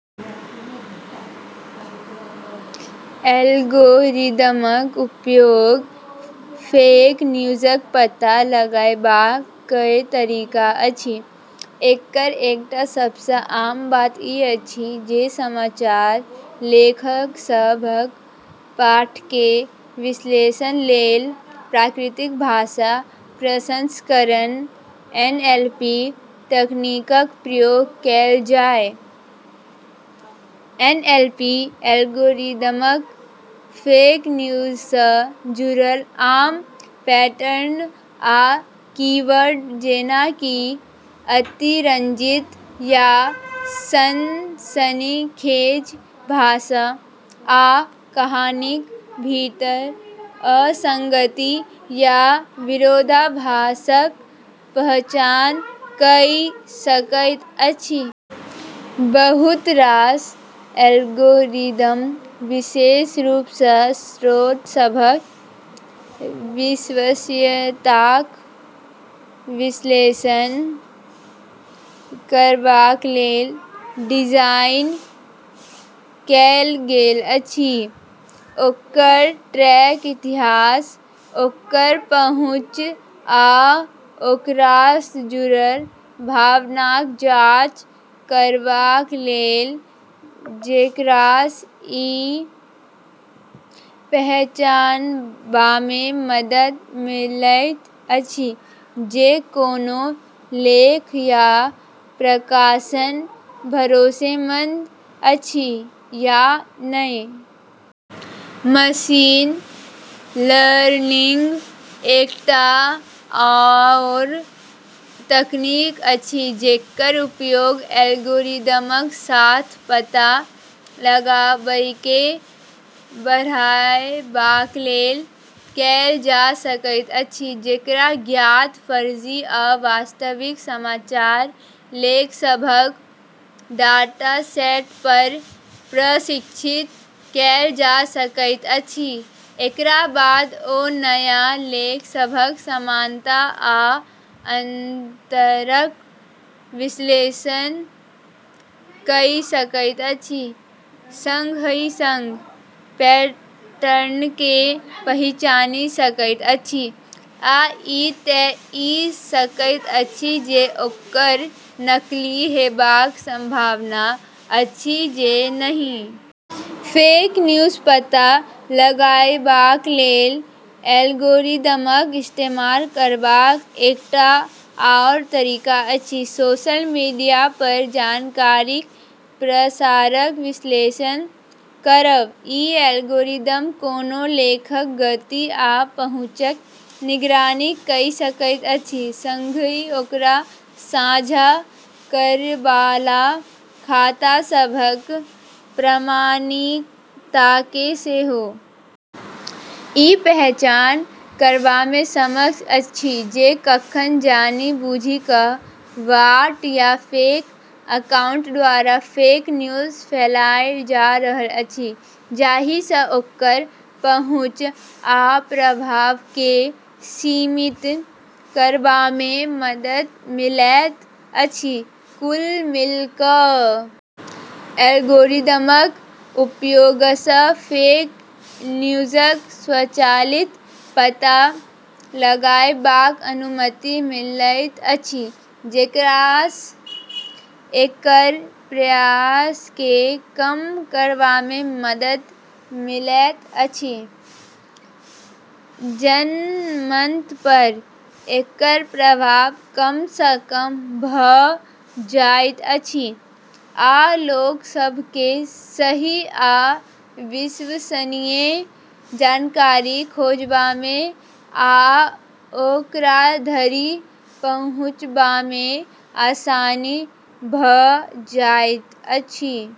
एल्गोरिदमक उपयोग फेक न्यूजक पता लगाएबाक कए तरीका अछि। एकर एकटा सबसँ आम बात ई अछि जे समाचार लेखसभक पाठकेँ विश्लेषणलेल प्राकृतिक भाषा प्रसंस्करण (एनएलपी) तकनीकक प्रयोग कएल जाए। एनएलपी एल्गोरिदम फेक न्यूजसँ जुड़ल आम पैटर्न आ कीवर्ड, जेना कि अतिरंजित या सनसनीखेज भाषा, आ कहानीक भीतर असंगति या विरोधाभासक पहचान कइ सकैत अछि। बहुत रास एल्गोरिदम विशेष रूपसँ स्रोतसभक विश्वसनीयताक विश्लेषण करबाकलेल डिजाइन कएल गेल अछि, ओकर ट्रैक इतिहास, ओकर पहुँच आ ओकरासँ जुड़ल भावनाक जांच करबाकलेल, जेकरासँ ई पहचानबामे मदद मिलैत अछि जे कोनो लेख या प्रकाशन भरोसेमंद अछि या नहि। मशीन लर्निंग एकटा आओर तकनीक अछि जेकर उपयोग एल्गोरिदमक साथ पता लगाएबकेँ बढ़ाएबाकलेल कएल जा सकैत अछि जेकरा ज्ञात फर्जी आ वास्तविक समाचार लेखसभक डाटासेटपर प्रशिक्षित कएल जा सकैत अछि। एकरा बाद ओ नया लेखसभक समानता आ अंतरक विश्लेषण कइ सकैत अछि, संगही संग पैटर्नकेँ पहिचानि सकैत अछि, आ ई तय कइ सकैत अछि जे ओकर नकली हेबाक संभावना अछि जे नहि। फेक न्यूजक पता लगाएबाकलेल एल्गोरिदमक इस्तेमाल करबाक एकटा आओर तरीका अछि सोशल मीडियापर जानकारीक प्रसारक विश्लेषण करब। ई एल्गोरिदम कोनो लेखक गति आ पहुँचक निगरानी कइ सकैत अछि, संगही ओकरा साझा करैबाला खातासभक प्रामाणिकताकेँ सेहो। ई पहचान करबामे सक्षम अछि जे कखन जानि-बूझि कऽ बॉट या फेक अकाउंट द्वारा फेक न्यूज फैलाएल जा रहल अछि, जाहिसँ ओकर पहुँच आ प्रभावकेँ सीमित करबामे मदद मिलैत अछि। कुल मिला कऽ एल्गोरिदमक उपयोगसँ फेक न्यूजक स्वचालित पता लगाएबाक अनुमति मिलैत अछि, जेकरासँ एकर प्रसारकेँ कम करबामे मदद मिलैत अछि, जनमतपर एकर प्रभाव कम सँ कम भऽ जाइत अछि, आ लोकसभकेँ सही आ विश्वसनीय जानकारी खोजबामे आ ओकराधरि पहुँचबामे आसानी भऽ जाइत अछि।